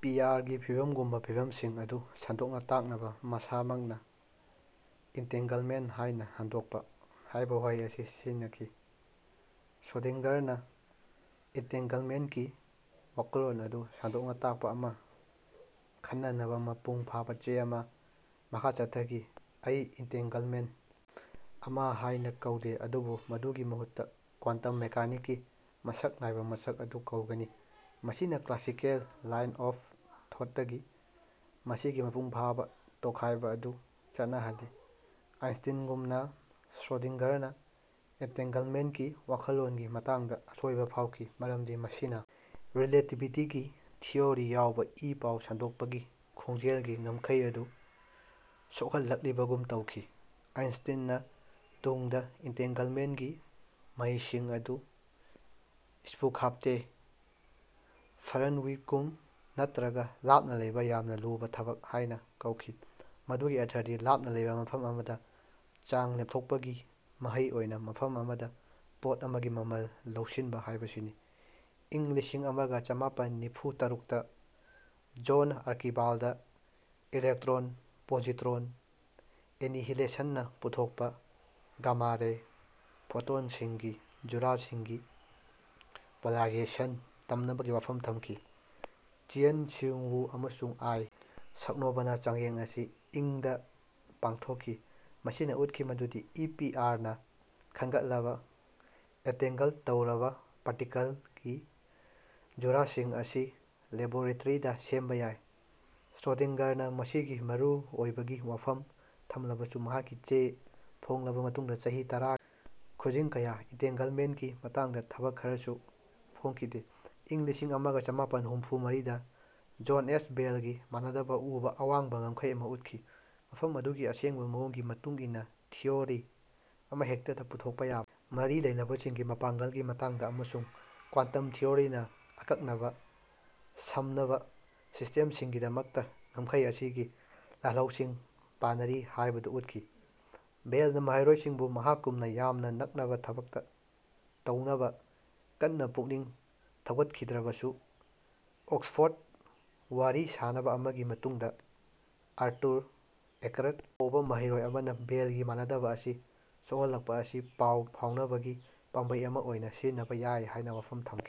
ꯄꯤ. R. ꯒꯤ ꯐꯤꯚꯝꯒꯨꯝꯕ ꯐꯤꯚꯝꯁꯤꯡ ꯑꯗꯨ ꯁꯟꯗꯣꯛꯅ ꯇꯥꯛꯅꯕ ꯃꯁꯥꯃꯛꯅ ꯏꯟꯇꯦꯡꯒꯜꯃꯦꯟ ꯍꯥꯏꯅ ꯍꯟꯗꯣꯛꯄ) ꯍꯥꯏꯕ ꯋꯥꯍꯩ ꯑꯁꯤ ꯁꯤꯖꯤꯟꯅꯈꯤ꯫ ꯁ꯭ꯔꯣꯗꯤꯟꯒꯔꯅ ꯏꯟꯇꯦꯡꯒꯜꯃꯦꯟ ꯀꯤ ꯋꯥꯈꯜꯂꯣꯟ ꯑꯗꯨ ꯁꯟꯗꯣꯛꯅ ꯇꯥꯛꯄ ꯑꯃ ꯈꯟꯅꯅꯕ ꯃꯄꯨꯡ ꯐꯥꯕ ꯆꯦ ꯑꯃ ꯃꯈꯥ ꯆꯠꯊꯈꯤ, "ꯑꯩ ꯏꯟꯇꯦꯡꯒꯜꯃꯦꯟ ꯑꯃ ꯍꯥꯏꯅ ꯀꯧꯗꯦ ꯑꯗꯨꯕꯨ ꯃꯗꯨꯒꯤ ꯃꯍꯨꯠꯇ ꯀ꯭ꯋꯥꯟꯇꯝ ꯃꯦꯀꯥꯅꯤꯛꯀꯤ ꯃꯁꯛ ꯅꯥꯏꯕ ꯃꯁꯛ ꯑꯗꯨ ꯀꯧꯒꯅꯤ, ꯃꯁꯤꯅ ꯀ꯭ꯂꯥꯁꯤꯀꯦꯜ ꯂꯥꯏꯟ ꯑꯣꯐ ꯊꯣꯠꯇꯒꯤ ꯃꯁꯤꯒꯤ ꯃꯄꯨꯡꯐꯥꯕ ꯇꯣꯈꯥꯏꯕ ꯑꯗꯨ ꯆꯠꯅꯍꯜꯂꯤ꯫" ꯑꯥꯏꯟꯁ꯭ꯇꯤꯟꯒꯨꯝꯅ ꯁ꯭ꯔꯣꯗꯤꯟꯒꯔꯅ ꯑꯦꯟꯇꯦꯡꯒꯜꯃꯦꯟ ꯀꯤ ꯋꯥꯈꯜꯂꯣꯟꯒꯤ ꯃꯇꯥꯡꯗ ꯑꯁꯣꯏꯕ ꯐꯥꯎꯈꯤ ꯃꯔꯝꯗꯤ ꯃꯁꯤꯅ ꯔꯤꯂꯦꯇꯤꯚꯤꯇꯤꯒꯤ ꯊꯤꯑꯣꯔꯤ ꯌꯥꯎꯕ ꯏ-ꯄꯥꯎ ꯁꯟꯗꯣꯛꯄꯒꯤ ꯈꯣꯡꯖꯦꯜꯒꯤ ꯉꯝꯈꯩ ꯑꯗꯨ ꯁꯣꯛꯍꯜꯂꯛꯂꯤꯕꯒꯨꯝ ꯇꯧꯈꯤ꯫ ꯑꯥꯏꯟꯁꯇꯤꯟꯅ ꯇꯨꯡꯗ ꯏꯟꯇꯦꯡꯒꯜꯃꯦꯟ ꯒꯤ ꯃꯍꯩꯁꯤꯡ ꯑꯗꯨ "ꯁ꯭ꯄꯨꯈꯥꯐꯇꯦ ꯐꯔꯟꯋꯤꯔꯀꯨꯡ" ꯅꯠꯇ꯭ꯔꯒ "ꯂꯥꯞꯅ ꯂꯩꯕ ꯌꯥꯝꯅ ꯂꯨꯕ ꯊꯕꯛ" ꯍꯥꯏꯅ ꯀꯧꯈꯤ, ꯃꯗꯨꯒꯤ ꯑꯔꯊꯗꯤ ꯂꯥꯞꯅ ꯂꯩꯕ ꯃꯐꯝ ꯑꯃꯗ ꯆꯥꯡ ꯂꯦꯞꯊꯣꯛꯄꯒꯤ ꯃꯍꯩ ꯑꯣꯏꯅ ꯃꯐꯝ ꯑꯃꯗ ꯄꯣꯠ ꯑꯃꯒꯤ ꯃꯃꯜ ꯂꯧꯁꯤꯟꯕ ꯍꯥꯏꯕꯁꯤꯅꯤ꯫ ꯏꯪ ꯂꯤꯁꯤꯡ ꯑꯃꯒ ꯆꯃꯥꯄꯟ ꯅꯤꯐꯨ ꯇꯔꯨꯛꯇ ꯖꯣꯟ ꯑꯥꯔꯀꯤꯕꯥꯜꯗ ꯏꯂꯦꯛꯇ꯭ꯔꯣꯟ-ꯄꯣꯖꯤꯇ꯭ꯔꯣꯟ ꯑꯦꯅꯤꯍꯤꯂꯦꯁꯟꯅ ꯄꯨꯊꯣꯛꯄ ꯒꯃꯥ-ꯔꯦ ꯐꯣꯇꯣꯟꯁꯤꯡꯒꯤ ꯖꯨꯔꯥꯁꯤꯡꯒꯤ ꯄꯣꯂꯔꯥꯏꯖꯦꯁꯟ ꯇꯝꯅꯕꯒꯤ ꯋꯥꯐꯝ ꯊꯝꯈꯤ꯫ ꯆꯤꯌꯟ-ꯁꯤꯌꯨꯡ ꯋꯨ ꯑꯃꯁꯨꯡ ꯑꯥꯏ. ꯁꯛꯅꯣꯚꯅ ꯆꯥꯡꯌꯦꯡ ꯑꯁꯤ ꯏꯪ ꯗ ꯄꯥꯡꯊꯣꯛꯈꯤ, ꯃꯁꯤꯅ ꯎꯠꯈꯤ ꯃꯗꯨꯗꯤ ꯏ. ꯄꯤ. ꯑꯥꯔ. ꯅ ꯈꯟꯒꯠꯂꯕ ꯑꯦꯟꯇꯦꯡꯒꯜ ꯇꯧꯔꯕ ꯄꯥꯔꯇꯤꯀꯜꯀꯤ ꯖꯨꯔꯥꯁꯤꯡ ꯑꯁꯤ ꯂꯦꯕꯣꯔꯦꯇꯔꯤꯗ ꯁꯦꯝꯕ ꯌꯥꯏ꯫ ꯁ꯭ꯔꯣꯗꯤꯡꯒꯔꯅ ꯃꯁꯤꯒꯤ ꯃꯔꯨꯑꯣꯏꯕꯒꯤ ꯋꯥꯐꯝ ꯊꯝꯂꯕꯁꯨ, ꯃꯍꯥꯛꯀꯤ ꯆꯦ ꯐꯣꯡꯂꯕ ꯃꯇꯨꯡꯗ ꯆꯍꯤ ꯇꯔꯥꯒꯤ ꯈꯨꯖꯤꯡ ꯀꯌꯥ ꯏꯟꯇꯦꯡꯒꯜꯃꯦꯟ ꯀꯤ ꯃꯇꯥꯡꯗ ꯊꯕꯛ ꯈꯔꯁꯨ ꯐꯣꯡꯈꯤꯗꯦ꯫ ꯏꯪ ꯂꯤꯁꯤꯡ ꯑꯃꯒ ꯆꯃꯥꯄꯟ ꯍꯨꯝꯐꯨ ꯃꯔꯤꯗ ꯖꯣꯟ ꯑꯦꯁ ꯕꯦꯜꯒꯤ ꯃꯥꯟꯅꯗꯕ ꯎꯕ ꯑꯋꯥꯡꯕ ꯉꯝꯈꯩ ꯑꯃ ꯎꯠꯈꯤ, ꯃꯐꯝ ꯑꯗꯨꯒꯤ ꯑꯁꯦꯡꯕ ꯃꯑꯣꯡꯒꯤ ꯃꯇꯨꯡ ꯏꯟꯅ ꯊꯤꯑꯣꯔꯤ ꯑꯃꯍꯦꯛꯇꯗ ꯄꯨꯊꯣꯛꯄ ꯌꯥꯕ ꯃꯔꯤ ꯂꯩꯅꯕꯁꯤꯡꯒꯤ ꯃꯄꯥꯡꯒꯜꯒꯤ ꯃꯇꯥꯡꯗ ꯑꯃꯁꯨꯡ ꯀ꯭ꯋꯥꯟꯇꯝ ꯊꯤꯑꯣꯔꯤꯅ ꯑꯀꯛꯅꯕ ꯁꯝꯅꯕ ꯁꯤꯁ꯭ꯇꯦꯝꯁꯤꯡꯒꯤꯗꯃꯛꯇ ꯉꯝꯈꯩ ꯑꯁꯤꯒꯤ ꯂꯥꯜꯍꯧꯁꯤꯡ ꯄꯥꯅꯔꯤ ꯍꯥꯏꯕꯗꯨ ꯎꯠꯈꯤ꯫ ꯕꯦꯜꯅ ꯃꯍꯩꯔꯣꯏꯁꯤꯡꯕꯨ ꯃꯍꯥꯛꯀꯨꯝꯅ ꯌꯥꯝꯅ ꯅꯛꯅꯕ ꯊꯕꯛ ꯇꯧꯅꯕ ꯀꯟꯅ ꯄꯨꯛꯅꯤꯡ ꯊꯧꯒꯠꯈꯤꯗ꯭ꯔꯕꯁꯨ ꯑꯣꯛꯁꯐꯣꯔ꯭ꯗꯇ ꯋꯥꯔꯤ ꯁꯥꯅꯕ ꯑꯃꯒꯤ ꯃꯇꯨꯡꯗ ꯑꯥꯔꯇꯨꯔ ꯑꯦꯀꯔ꯭ꯠ ꯀꯧꯕ ꯃꯍꯩꯔꯣꯏ ꯑꯃꯅ ꯕꯦꯜꯒꯤ ꯃꯥꯟꯅꯗꯕ ꯑꯁꯤ ꯁꯣꯛꯍꯜꯂꯛꯄ ꯑꯁꯤ ꯄꯥꯎ ꯐꯥꯎꯅꯕꯒꯤ ꯄꯥꯝꯕꯩ ꯑꯃ ꯑꯣꯏꯅ ꯁꯤꯖꯤꯟꯅꯕ ꯌꯥꯏ ꯍꯥꯏꯅ ꯋꯥꯐꯝ ꯊꯝꯈꯤ꯫